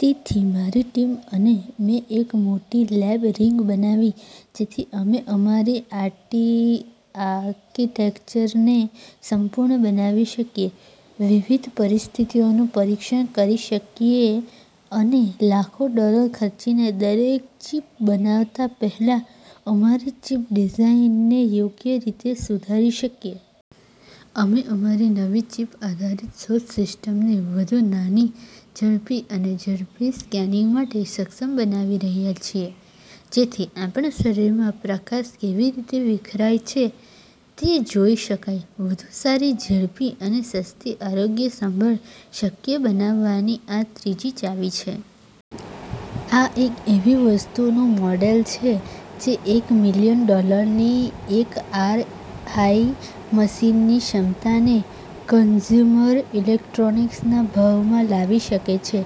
તેથી મારી ટીમ અને મેં એક મોટી લેબ રિગ બનાવી, જેથી અમે અમારી આર્કિટેક્ચરને સંપૂર્ણ બનાવી શકીએ, વિવિધ પરિસ્થિતિઓનું પરીક્ષણ કરી શકીએ અને લાખો ડોલર ખર્ચીને દરેક ચિપ બનાવતાં પહેલાં અમારી ચિપ ડિઝાઇનને યોગ્ય રીતે સુધારી શકીએ. અમે અમારી નવી ચિપ-આધારિત શોધ સિસ્ટમને વધુ નાની, ઝડપી અને ઝડપી સ્કેનિંગ માટે સક્ષમ બનાવી રહ્યા છીએ, જેથી આપણા શરીરમાં પ્રકાશ કેવી રીતે વિખેરાય છે તે જોઈ શકાય. વધુ સારી, ઝડપી અને સસ્તી આરોગ્યસંભાળ શક્ય બનાવવાની આ ત્રીજી ચાવી છે. આ એક એવી વસ્તુનું મોડેલ છે જે એક મિલિયન ડોલરની એમ આર આઈ મશીનની ક્ષમતાને કન્ઝ્યુમર ઇલેક્ટ્રોનિક્સના ભાવમાં લાવી શકે છે.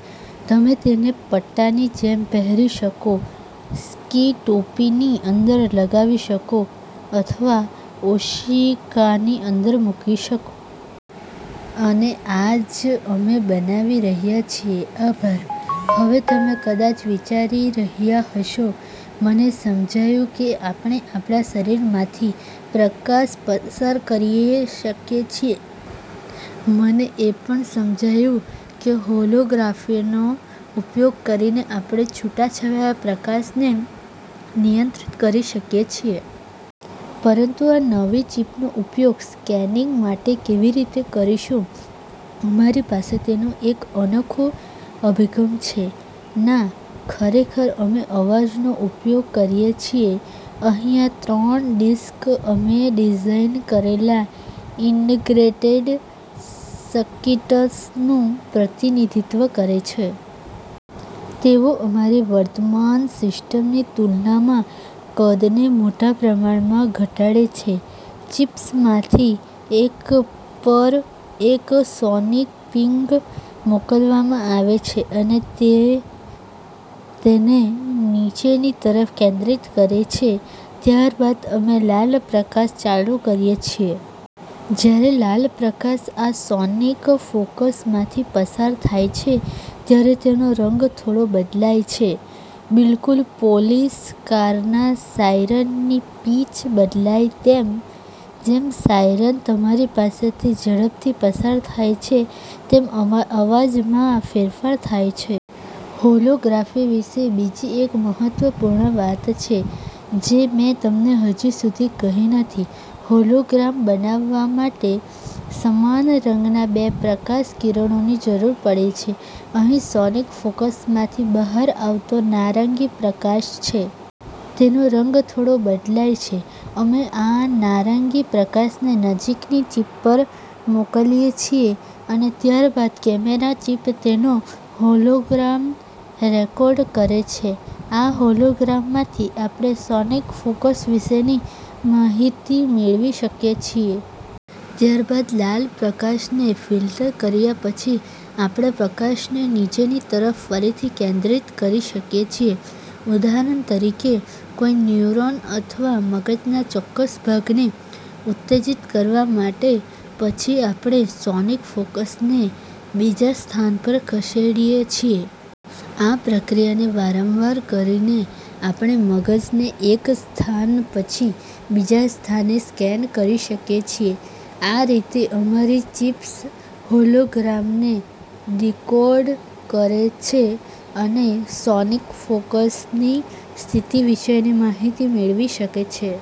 તમે તેને પટ્ટાની જેમ પહેરી શકો, સ્કી ટોપીની અંદર લગાવી શકો અથવા ઓશીકાની અંદર મૂકી શકો. અને આ જ અમે બનાવી રહ્યા છીએ. આભાર! હવે તમે કદાચ વિચારી રહ્યા હશો, “મને સમજાયું કે આપણે આપણા શરીરમાંથી પ્રકાશ પસાર કરી શકીએ છીએ. મને એ પણ સમજાયું કે હોલોગ્રાફીનો ઉપયોગ કરીને આપણે છૂટાછવાયા પ્રકાશને નિયંત્રિત કરી શકીએ છીએ. પરંતુ આ નવી ચિપનો ઉપયોગ સ્કેનિંગ માટે કેવી રીતે કરીશું?” અમારી પાસે તેનો એક અનોખો અભિગમ છે. ના, ખરેખર, અમે અવાજનો ઉપયોગ કરીએ છીએ. અહીં આ ત્રણ ડિસ્ક અમે ડિઝાઇન કરેલા ઇન્ટિગ્રેટેડ સર્કિટ્સનું પ્રતિનિધિત્વ કરે છે. તેઓ અમારી વર્તમાન સિસ્ટમની તુલનામાં કદને મોટા પ્રમાણમાં ઘટાડે છે. ચિપ્સમાંથી એક પર એક સોનિક પિંગ મોકલવામાં આવે છે અને તે તેને નીચેની તરફ કેન્દ્રિત કરે છે. ત્યારબાદ અમે લાલ પ્રકાશ ચાલુ કરીએ છીએ. જ્યારે લાલ પ્રકાશ આ સોનિક ફોકસમાંથી પસાર થાય છે, ત્યારે તેનો રંગ થોડો બદલાય છે, બિલકુલ પોલીસ કારના સાયરનની પિચ બદલાય તેમ. જેમ સાયરન તમારી પાસેથી ઝડપથી પસાર થાય છે, તેમ અવાજમાં ફેરફાર થાય છે. હોલોગ્રાફી વિશે બીજી એક મહત્વપૂર્ણ વાત છે જે મેં તમને હજી સુધી કહી નથી. હોલોગ્રામ બનાવવા માટે સમાન રંગના બે પ્રકાશ કિરણોની જરૂર પડે છે. અહીં સોનિક ફોકસમાંથી બહાર આવતો નારંગી પ્રકાશ છે. તેનો રંગ થોડો બદલાયો છે. અમે આ નારંગી પ્રકાશને નજીકની ચિપ પર મોકલીએ છીએ અને ત્યારબાદ કેમેરા ચિપ તેનો હોલોગ્રામ રેકોર્ડ કરે છે. આ હોલોગ્રામમાંથી આપણે સોનિક ફોકસ વિશેની માહિતી મેળવી શકીએ છીએ. ત્યારબાદ, લાલ પ્રકાશને ફિલ્ટર કર્યા પછી, આપણે પ્રકાશને નીચેની તરફ ફરીથી કેન્દ્રિત કરી શકીએ છીએ, ઉદાહરણ તરીકે, કોઈ ન્યુરોન અથવા મગજના ચોક્કસ ભાગને ઉત્તેજિત કરવા માટે પછી આપણે સોનિક ફોકસને બીજા સ્થાન પર ખસેડીએ છીએ. આ પ્રક્રિયાને વારંવાર કરીને આપણે મગજને એક સ્થાન પછી બીજા સ્થાને સ્કેન કરી શકીએ છીએ. આ રીતે અમારી ચિપ્સ હોલોગ્રામને ડિકોડ કરે છે અને સોનિક ફોકસની સ્થિતિ વિશેની માહિતી મેળવી શકે છે.